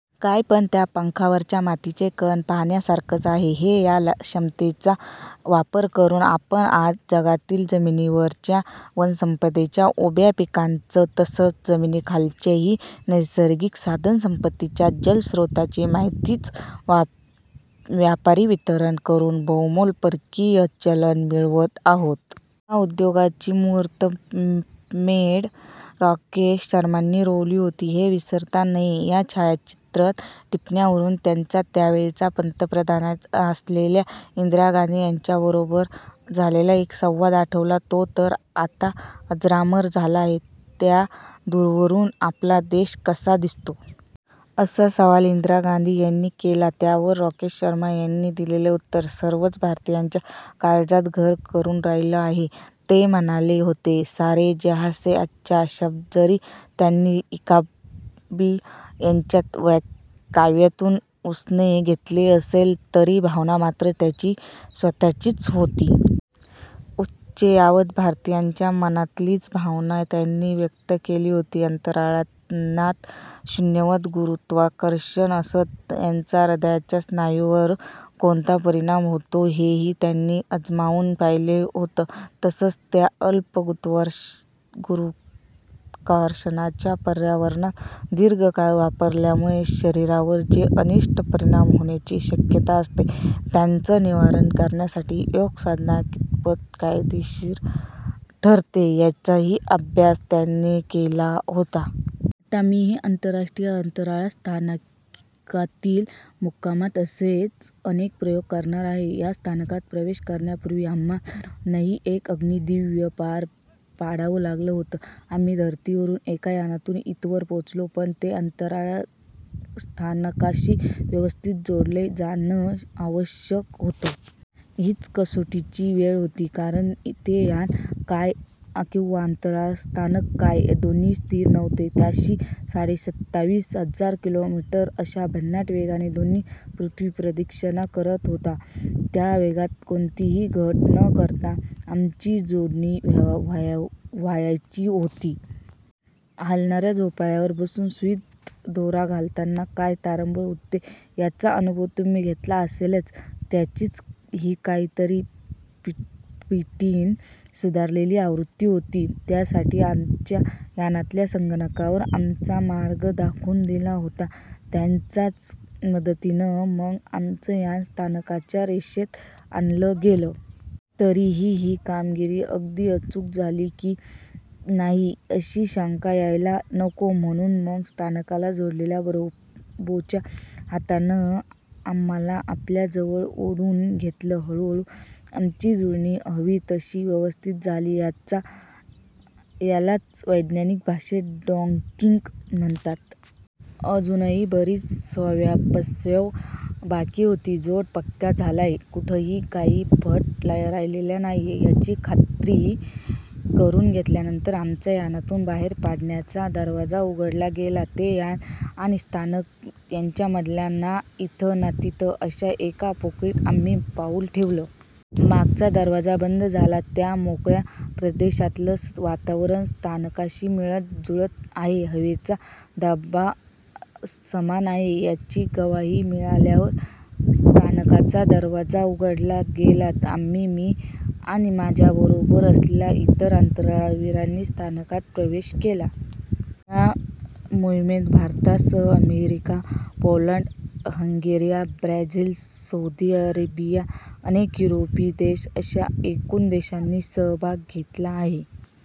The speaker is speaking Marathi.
काय, पण त्या पंखावरच्या मातीचे कण पाहण्यासारखंच आहे हे! या क्षमतेचा वापर करून आपण आज जगातील जमिनीवरच्या वनसंपदेच्या, उभ्या पिकांच्या तसंच जमिनीखालच्याही नैसर्गिक साधनसंपत्तीच्या, जलस्रोतांच्या, माहितीचं व्यापारी वितरण करून बहुमोल परकीय चलन मिळवत आहोत. या उद्योगाची मुहूर्तमेढ राकेश शर्मांनी रोवली होती, हे विसरता नये. या छायाचित्रं टिपण्यावरून त्यांचा त्यावेळच्या पंतप्रधान असलेल्या इंदिरा गांधी यांच्याबरोबर झालेला एक संवाद आठवला. तो तर आता अजरामर झाला आहे. 'त्या दूरवरून आपला देश कसा दिसतो? ' असा सवाल इंदिरा गांधी यांनी केला. त्यावर राकेश शर्मा यांनी दिलेलं उत्तर सर्वच भारतीयांच्या काळजात घर करून राहिलं आहे. ते म्हणाले होते, ̔सारे जहाँसे अच्छा!. शब्द जरी त्यांनी इक्बाल यांच्या काव्यातून उसने घेतलेले असले, तरी भावना मात्र त्यांची स्वतःचीच होती. यच्चयावत भारतीयांच्या मनातलीच भावना त्यांनी व्यक्त केली होती. अंतराळयानात शून्यवत गुरुत्त्वाकर्षण असतं. त्याचा हृदयाच्या स्नायूंवर कोणता परिणाम होतो, हेही त्यांनी अजमावून पाहिलं होतं. तसंच त्या अल्प गुरुत्त्वाकर्षणाच्या पर्यावरणात दीर्घ काळ वावरण्यामुळे शरीरावर जे अनिष्ट परिणाम होण्याची शक्यता असते, त्यांचं निवारण करण्यासाठी योगसाधना कितपत फायदेशीर ठरते, याचाही अभ्यास त्यांनी केला होता. आता मीही आंतरराष्ट्रीय अंतराळ स्थानकातील मुक्कामात असेच अनेक प्रयोग करणार आहे. या स्थानकात प्रवेश करण्यापूर्वी आम्हा सर्वांनाही एक अग्निदिव्य पार पाडावं लागलं होतं. आम्ही धरतीवरून एका यानातून इथवर पोचलो. पण ते अंतराळस्थानकाशी व्यवस्थित जोडलं जाणं आवश्यक होतं. हीच कसोटीची वेळ होती. कारण ते यान काय किंवा अंतराळस्थानक काय, दोन्हीही स्थिर नव्हते. ताशी साडेसत्तावीस हजार किलोमीटर अशा भन्नाट वेगाने दोन्ही पृथ्वीप्रदक्षिणा करत होतो. त्या वेगात कोणतीही घट न करता आमची जोडणी व्हायची होती. हालणाऱ्या झोपाळ्यावर बसून सुईत दोरा घालताना काय तारांबळ उडते, याचा अनुभव तुम्ही घेतला असेलच. त्याचीच ही कितीतरी पटीनं सुधारलेली आवृत्ती होती. त्यासाठी आमच्या यानातल्या संगणकावर आमचा मार्ग आखून दिला होता. त्याच्याच मदतीनं मग आमचं यान स्थानकाच्या रेषेत आणलं गेलं. तरीही ही कामगिरी अगदी अचूक झाली की नाही, अशी शंका यायला नको म्हणून मग स्थानकाला जोडलेल्या रोबोच्या हातानं आम्हांला आपल्या जवळ ओढून घेतलं. हळूहळू आमची जुळणी हवी तशी व्यवस्थित झाली. यालाच वैज्ञानिक भाषेत 'डॉकिंग' म्हणतात. अजूनही बरीच सव्यापसव्य बाकी होती. जोड पक्का झालाय, कुठंही काही फट राहिलेली नाही, याची खात्री करून घेतल्यानंतर आमच्या यानातून बाहेर पडण्याचा दरवाजा उघडला गेला. ते यान आणि स्थानक यांच्यामधल्या ना इथं ना तिथं अशा एका पोकळीत आम्ही पाऊल ठेवलं. मागचा दरवाजा बंद झाला. त्या मोकळ्या प्रदेशातलं वातावरण स्थानकाशी मिळतं जुळतं आहे, हवेचा दाब समान आहे, याची ग्वाही मिळाल्यावरच स्थानकाचा दरवाजा उघडला गेला. आम्ही, मी आणि माझ्या बरोबर असलेल्या इतर अंतराळवीरांनी स्थानकात प्रवेश केला. या मोहिमेत भारतासह America, Poland, Hungary, Brazil, Saudi Arabia, अनेक युरोपीय देश अशा एकूण देशांनी सहभाग घेतला आहे.